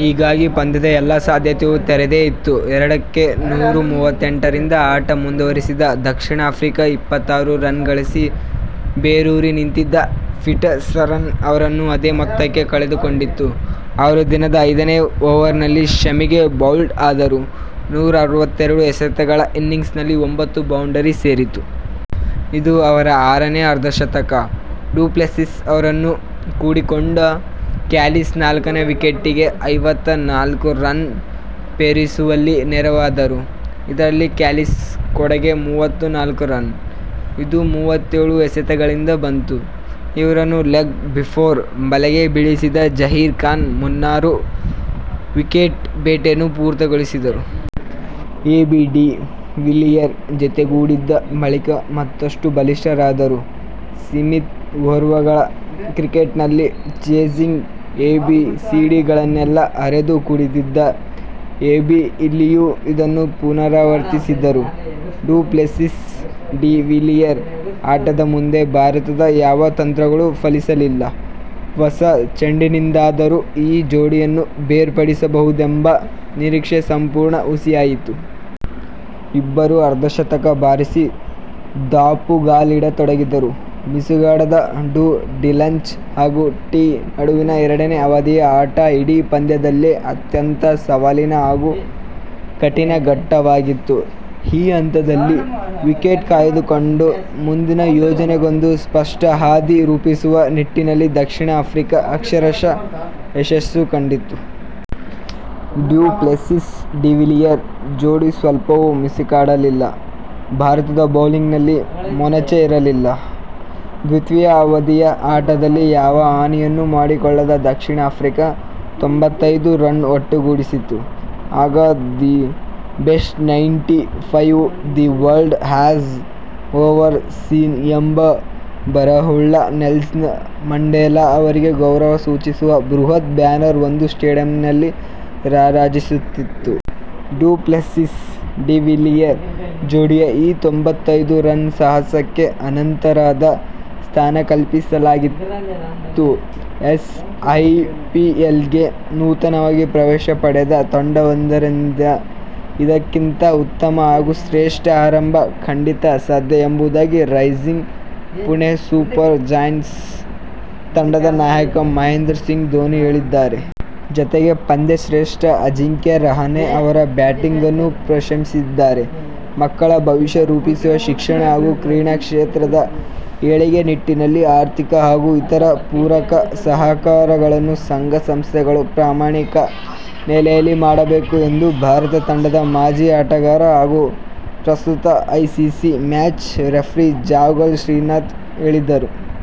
ಹೀಗಾಗಿ ಪಂದ್ಯದ ಎಲ್ಲ ಸಾಧ್ಯತೆಯೂ ತೆರೆದೇ ಇತ್ತು. ಎರಡಕ್ಕೆ ನೂರ ಮೂವತ್ತೆಂಟರಿಂದ ಆಟ ಮುಂದುವರಿಸಿದ ದಕ್ಷಿಣ ಆಫ್ರಿಕಾ, ಎಪ್ಪತ್ತಾರು ರನ್ ಗಳಿಸಿ ಬೇರೂರಿ ನಿಂತಿದ್ದ ಪೀಟರ್ಸನ್ ಅವರನ್ನು ಅದೇ ಮೊತ್ತಕ್ಕೆ ಕಳೆದುಕೊಂಡಿತು. ಅವರು ದಿನದ ಐದನೇ ಓವರಿನಲ್ಲಿ ಶಮಿಗೆ ಬೌಲ್ಡ್ ಆದರು. ನೂರ ಅರವತ್ತೆರಡು ಎಸೆತಗಳ ಇನ್ನಿಂಗ್ಸ್ನಲ್ಲಿ ಒಂಭತ್ತು ಬೌಂಡರಿ ಸೇರಿತ್ತು. ಇದು ಅವರ ಆರನೇ ಅರ್ಧ ಶತಕ. ಡುಪ್ಲೆಸಿಸ್ ಅವರನ್ನು ಕೂಡಿಕೊಂಡ ಕ್ಯಾಲಿಸ್ ನಾಲ್ಕನೇ ವಿಕೆಟಿಗೆ ಐವತ್ತ ನಾಲ್ಕು ರನ್ ಪೇರಿಸುವಲ್ಲಿ ನೆರವಾದರು. ಇದರಲ್ಲಿ ಕ್ಯಾಲಿಸ್ ಕೊಡುಗೆ ಮೂವತ್ತ ನಾಲ್ಕು ರನ್. ಇದು ಮೂವತ್ತೆಳು ಎಸೆತಗಳಿಂದ ಬಂತು. ಇವರನ್ನು ಲೆಗ್ ಬಿಫೋರ್ ಬಲೆಗೆ ಬೀಳಿಸಿದ ಜಹೀರ್ ಖಾನ್ ಮುನ್ನೂರು ವಿಕೆಟ್ ಬೇಟೆಯನ್ನು ಪೂರ್ತಿಗೊಳಿಸಿದರು. ಎಬಿ ಡಿ ವಿಲಿಯರ್ ಜತೆಗೂಡಿದ ಬಳಿಕ ಮತ್ತಷ್ಟು ಬಲಿಷ್ಠರಾದರು. ಸೀಮಿತ ಓವರ್ಗಳ ಕ್ರಿಕೆಟ್ನಲ್ಲಿ ಚೇಸಿಂಗ್ ಎಬಿಸಿಡಿಗಳನ್ನೆಲ್ಲ ಅರೆದು ಕುಡಿದಿದ್ದ ಎಬಿ ಇಲ್ಲಿಯೂ ಇದನ್ನು ಪುನರಾವರ್ತಿಸಿದರು. ಡು ಪ್ಲೆಸಿಸ್-ಡಿ ವಿಲಿಯರ್ ಆಟದ ಮುಂದೆ ಭಾರತದ ಯಾವ ತಂತ್ರಗಳೂ ಫಲಿಸಲಿಲ್ಲ. ಹೊಸ ಚೆಂಡಿನಿಂದಾದರೂ ಈ ಜೋಡಿಯನ್ನು ಬೇರ್ಪಡಿಸಬಹುದೆಂಬ ನಿರೀಕ್ಷೆ ಸಂಪೂರ್ಣ ಹುಸಿಯಾಯಿತು. ಇಬ್ಬರೂ ಅರ್ಧ ಶತಕ ಬಾರಿಸಿ ದಾಪುಗಾಲಿಡತೊಡಗಿದರು. ಮಿಸುಕಾಡದ ಡು-ಡಿಲಂಚ್ ಹಾಗೂ ಟೀ ನಡುವಿನ ಎರಡನೇ ಅವಧಿಯ ಆಟ ಇಡೀ ಪಂದ್ಯದಲ್ಲೇ ಅತ್ಯಂತ ಸವಾಲಿನ ಹಾಗೂ ಕಠಿನ ಘಟ್ಟವಾಗಿತ್ತು. ಈ ಹಂತದಲ್ಲಿ ವಿಕೆಟ್ ಕಾಯ್ದುಕೊಂಡು ಮುಂದಿನ ಯೋಜನೆಗೊಂದು ಸ್ಪಷ್ಟ ಹಾದಿ ರೂಪಿಸುವ ನಿಟ್ಟಿನಲ್ಲಿ ದಕ್ಷಿಣ ಆಫ್ರಿಕಾ ಅಕ್ಷರಶಃ ಯಶಸ್ಸು ಕಂಡಿತು. ಡು ಪ್ಲೆಸಿಸ್- ಡಿ ವಿಲಿಯರ್ ಜೋಡಿ ಸ್ವಲ್ಪವೂ ಮಿಸುಕಾಡಲಿಲ್ಲ. ಭಾರತದ ಬೌಲಿಂಗ್ನಲ್ಲಿ ಮೊನಚೇ ಇರಲಿಲ್ಲ. ದ್ವಿತೀಯ ಅವಧಿಯ ಆಟದಲ್ಲಿ ಯಾವ ಹಾನಿಯನ್ನೂ ಮಾಡಿಕೊಳ್ಳದ ದಕ್ಷಿಣ ಆಫ್ರಿಕಾ ತ್ತೊಂಭತ್ತೈದು ರನ್ ಒಟ್ಟುಗೂಡಿಸಿತು. ಆಗ the best ninety five, the world has ever seen'' ಎಂಬ ಬರಹವುಳ್ಳ, ನೆಲ್ಸನ್ ಮಂಡೇಲಾ ಅವರಿಗೆ ಗೌರವ ಸೂಚಿಸುವ ಬೃಹತ್ ಬ್ಯಾನರ್ ಒಂದು ಸ್ಟೇಡಿಯಂನಲ್ಲಿ ರಾರಾಜಿಸುತ್ತಿತ್ತು. ಡು ಪ್ಲೆಸಿಸ್- ಡಿ ವಿಲಿಯರ್ ಜೋಡಿಯ ಈ ತ್ತೊಂಭತ್ತೈದು ರನ್ ಸಾಹಸಕ್ಕೆ ಅನಂತರದ ಸ್ಥಾನ ಕಲ್ಪಿಸಲಾಗಿತ್ತು. ಎಸ್. ಐಪಿಎಲ್ಗೆ ನೂತನವಾಗಿ ಪ್ರವೇಶ ಪಡೆದ ತಂಡವೊಂದರಿಂದ ಇದಕ್ಕಿಂತ ಉತ್ತಮ ಹಾಗೂ ಶ್ರೇಷ್ಠ ಆರಂಭ ಖಂಡಿತ ಅಸಾಧ್ಯ ಎಂಬುದಾಗಿ 'ರೈಸಿಂಗ್ ಪುಣೆ ಸೂಪರ್ ಜಯಂಟ್ಸ್' ತಂಡದ ನಾಯಕ ಮಹೇಂದ್ರ ಸಿಂಗ್ ಧೋನಿ ಹೇಳಿದ್ದಾರೆ. ಜತೆಗೆ ಪಂದ್ಯಶ್ರೇಷ್ಠ ಅಜಿಂಕ್ಯ ರಹಾನೆ ಅವರ ಬ್ಯಾಟಿಂಗನ್ನೂ ಪ್ರಶಂಸಿಸಿದ್ದಾರೆ. ಮಕ್ಕಳ ಭವಿಷ್ಯ ರೂಪಿಸುವ ಶಿಕ್ಷಣ ಹಾಗೂ ಕ್ರೀಡಾ ಕ್ಷೇತ್ರದ ಏಳಿಗೆ ನಿಟ್ಟಿನಲ್ಲಿ ಆರ್ಥಿಕ ಹಾಗೂ ಇತರ ಪೂರಕ ಸಹಕಾರಗಳನ್ನು ಸಂಘ ಸಂಸ್ಥೆಗಳು ಪ್ರಾಮಾಣಿಕ ನೆಲೆಯಲ್ಲಿ ಮಾಡಬೇಕು ಎಂದು ಭಾರತ ತಂಡದ ಮಾಜಿ ಆಟಗಾರ ಹಾಗೂ ಪ್ರಸ್ತುತ ICC match referee Javagal Srinath ಹೇಳಿದರು.